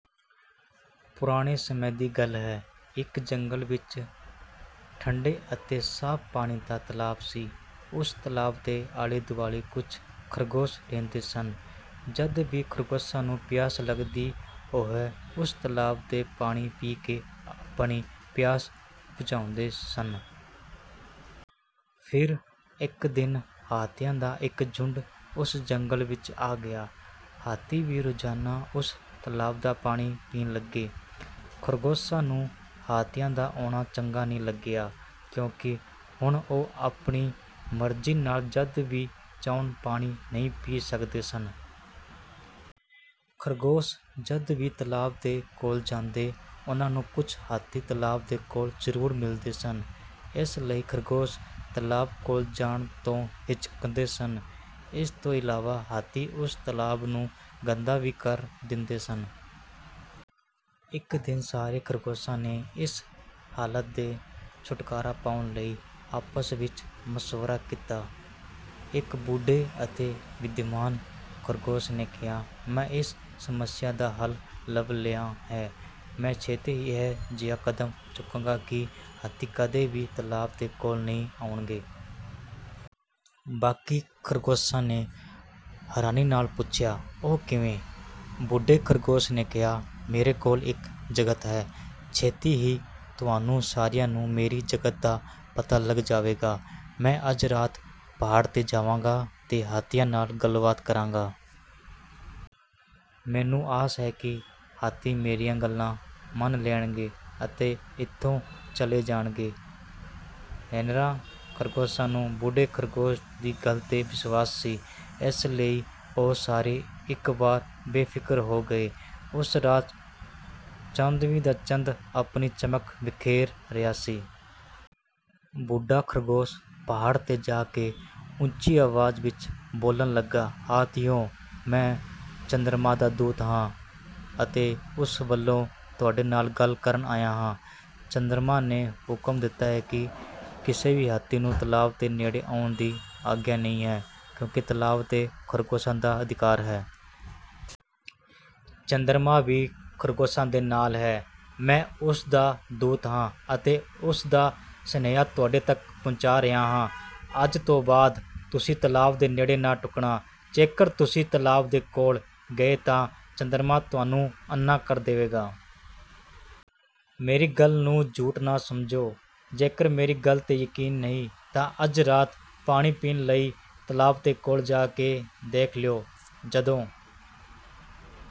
ਪੁਰਾਣੇ ਸਮੇਂ ਦੀ ਗੱਲ ਹੈ। ਇੱਕ ਜੰਗਲ ਵਿੱਚ ਠੰਢੇ ਅਤੇ ਸਾਫ਼ ਪਾਣੀ ਦਾ ਤਲਾਬ ਸੀ। ਉਸ ਤਲਾਬ ਦੇ ਆਲੇ-ਦੁਆਲੇ ਕੁਝ ਖ਼ਰਗੋਸ਼ ਰਹਿੰਦੇ ਸਨ। ਜਦ ਵੀ ਖ਼ਰਗੋਸ਼ਾਂ ਨੂੰ ਪਿਆਸ ਲੱਗਦੀ, ਉਹ ਉਸੇ ਤਲਾਬ ਤੋਂ ਪਾਣੀ ਪੀ ਕੇ ਆਪਣੀ ਪਿਆਸ ਬੁਝਾਉਂਦੇ ਸਨ। ਫਿਰ ਇੱਕ ਦਿਨ ਹਾਥੀਆਂ ਦਾ ਇੱਕ ਝੁੰਡ ਉਸ ਜੰਗਲ ਵਿੱਚ ਆ ਗਿਆ। ਹਾਥੀ ਵੀ ਰੋਜ਼ਾਨਾ ਉਸੇ ਤਲਾਬ ਦਾ ਪਾਣੀ ਪੀਣ ਲੱਗੇ। ਖ਼ਰਗੋਸ਼ਾਂ ਨੂੰ ਹਾਥੀਆਂ ਦਾ ਆਉਣਾ ਚੰਗਾ ਨਹੀਂ ਲੱਗਿਆ ਕਿਉਂਕਿ ਹੁਣ ਉਹ ਆਪਣੀ ਮਰਜ਼ੀ ਨਾਲ ਜਦ ਵੀ ਚਾਹੁਣ ਪਾਣੀ ਨਹੀਂ ਪੀ ਸਕਦੇ ਸਨ। ਖ਼ਰਗੋਸ਼ ਜਦ ਵੀ ਤਲਾਬ ਦੇ ਕੋਲ ਜਾਂਦੇ, ਉਹਨਾਂ ਨੂੰ ਕੁਝ ਹਾਥੀ ਤਲਾਬ ਦੇ ਕੋਲ ਜ਼ਰੂਰ ਮਿਲਦੇ ਸਨ, ਇਸ ਲਈ ਖ਼ਰਗੋਸ਼ ਤਲਾਬ ਕੋਲ ਜਾਣ ਤੋਂ ਝਿਜਕਦੇ ਸਨ। ਇਸ ਤੋਂ ਇਲਾਵਾ ਹਾਥੀ ਉਸ ਤਲਾਬ ਨੂੰ ਗੰਦਾ ਵੀ ਕਰ ਦਿੰਦੇ ਸਨ। ਇੱਕ ਦਿਨ ਸਾਰੇ ਖ਼ਰਗੋਸ਼ਾਂ ਨੇ ਇਸ ਹਾਲਤ ਤੋਂ ਛੁਟਕਾਰਾ ਪਾਉਣ ਲਈ ਆਪਸ ਵਿੱਚ ਮਸ਼ਵਰਾ ਕੀਤਾ। ਇੱਕ ਬੁੱਢੇ ਅਤੇ ਬੁੱਧੀਮਾਨ ਖ਼ਰਗੋਸ਼ ਨੇ ਕਿਹਾ, "ਮੈਂ ਇਸ ਸਮੱਸਿਆ ਦਾ ਹੱਲ ਲੱਭ ਲਿਆ ਹੈ। ਮੈਂ ਛੇਤੀ ਹੀ ਇਹੋ ਜਿਹਾ ਕਦਮ ਚੁੱਕਾਂਗਾ ਕਿ ਹਾਥੀ ਕਦੇ ਵੀ ਤਲਾਬ ਦੇ ਕੋਲ ਨਹੀਂ ਆਉਣਗੇ।" ਬਾਕੀ ਖ਼ਰਗੋਸ਼ਾਂ ਨੇ ਹੈਰਾਨੀ ਨਾਲ ਪੁੱਛਿਆ, "ਉਹ ਕਿਵੇਂ?" ਬੁੱਢੇ ਖ਼ਰਗੋਸ਼ ਨੇ ਕਿਹਾ, "ਮੇਰੇ ਕੋਲ ਇੱਕ ਜੁਗਤ ਹੈ, ਛੇਤੀ ਹੀ ਤੁਹਾਨੂੰ ਸਾਰਿਆਂ ਨੂੰ ਮੇਰੀ ਜੁਗਤ ਦਾ ਪਤਾ ਲੱਗ ਜਾਵੇਗਾ। ਮੈਂ ਅੱਜ ਰਾਤ ਪਹਾੜ 'ਤੇ ਜਾਵਾਂਗਾ ਅਤੇ ਹਾਥੀਆਂ ਨਾਲ ਗੱਲਬਾਤ ਕਰਾਂਗਾ। ਮੈਨੂੰ ਆਸ ਹੈ ਕਿ ਹਾਥੀ ਮੇਰੀਆਂ ਗੱਲਾਂ ਮੰਨ ਲੈਣਗੇ ਅਤੇ ਇੱਥੋਂ ਚਲੇ ਜਾਣਗੇ।" ਹੋਰਨਾਂ ਖ਼ਰਗੋਸ਼ਾਂ ਨੂੰ ਬੁੱਢੇ ਖ਼ਰਗੋਸ਼ ਦੀ ਗੱਲ 'ਤੇ ਵਿਸ਼ਵਾਸ ਸੀ, ਇਸ ਲਈ ਉਹ ਸਾਰੇ ਇੱਕ ਵਾਰ ਬੇਫ਼ਿਕਰ ਹੋ ਗਏ। ਉਸ ਰਾਤ ਚੌਦਵੀਂ ਦਾ ਚੰਦ ਆਪਣੀ ਚਮਕ ਬਿਖੇਰ ਰਿਹਾ ਸੀ। ਬੁੱਢਾ ਖ਼ਰਗੋਸ਼ ਪਹਾੜ 'ਤੇ ਜਾ ਕੇ ਉੱਚੀ ਆਵਾਜ਼ ਵਿੱਚ ਬੋਲਣ ਲੱਗਾ, "ਹਾਥੀਓ, ਮੈਂ ਚੰਦਰਮਾ ਦਾ ਦੂਤ ਹਾਂ ਅਤੇ ਉਸ ਵੱਲੋਂ ਤੁਹਾਡੇ ਨਾਲ ਗੱਲ ਕਰਨ ਆਇਆ ਹਾਂ। ਚੰਦਰਮਾ ਨੇ ਹੁਕਮ ਦਿੱਤਾ ਹੈ ਕਿ ਕਿਸੇ ਵੀ ਹਾਥੀ ਨੂੰ ਤਲਾਬ ਦੇ ਨੇੜੇ ਆਉਣ ਦੀ ਆਗਿਆ ਨਹੀਂ ਹੈ ਕਿਉਂਕਿ ਤਲਾਬ 'ਤੇ ਖ਼ਰਗੋਸ਼ਾਂ ਦਾ ਅਧਿਕਾਰ ਹੈ। ਚੰਦਰਮਾ ਵੀ ਖ਼ਰਗੋਸ਼ਾਂ ਦੇ ਨਾਲ ਹੈ। ਮੈਂ ਉਸ ਦਾ ਦੂਤ ਹਾਂ ਅਤੇ ਉਸ ਦਾ ਸੁਨੇਹਾ ਤੁਹਾਡੇ ਤੱਕ ਪਹੁੰਚਾ ਰਿਹਾ ਹਾਂ। ਅੱਜ ਤੋਂ ਬਾਅਦ ਤੁਸੀਂ ਤਲਾਬ ਦੇ ਨੇੜੇ ਨਾ ਢੁਕਣਾ। ਜੇਕਰ ਤੁਸੀਂ ਤਲਾਬ ਦੇ ਕੋਲ ਗਏ ਤਾਂ ਚੰਦਰਮਾ ਤੁਹਾਨੂੰ ਅੰਨ੍ਹਾ ਕਰ ਦੇਵੇਗਾ। ਮੇਰੀ ਗੱਲ ਨੂੰ ਝੂਠ ਨਾ ਸਮਝੋ, ਜੇਕਰ ਮੇਰੀ ਗੱਲ 'ਤੇ ਯਕੀਨ ਨਹੀਂ ਤਾਂ ਅੱਜ ਰਾਤ ਪਾਣੀ ਪੀਣ ਲਈ ਤਲਾਬ ਦੇ ਕੋਲ ਜਾ ਕੇ ਦੇਖ ਲਵੋ।"ਜਦੋਂ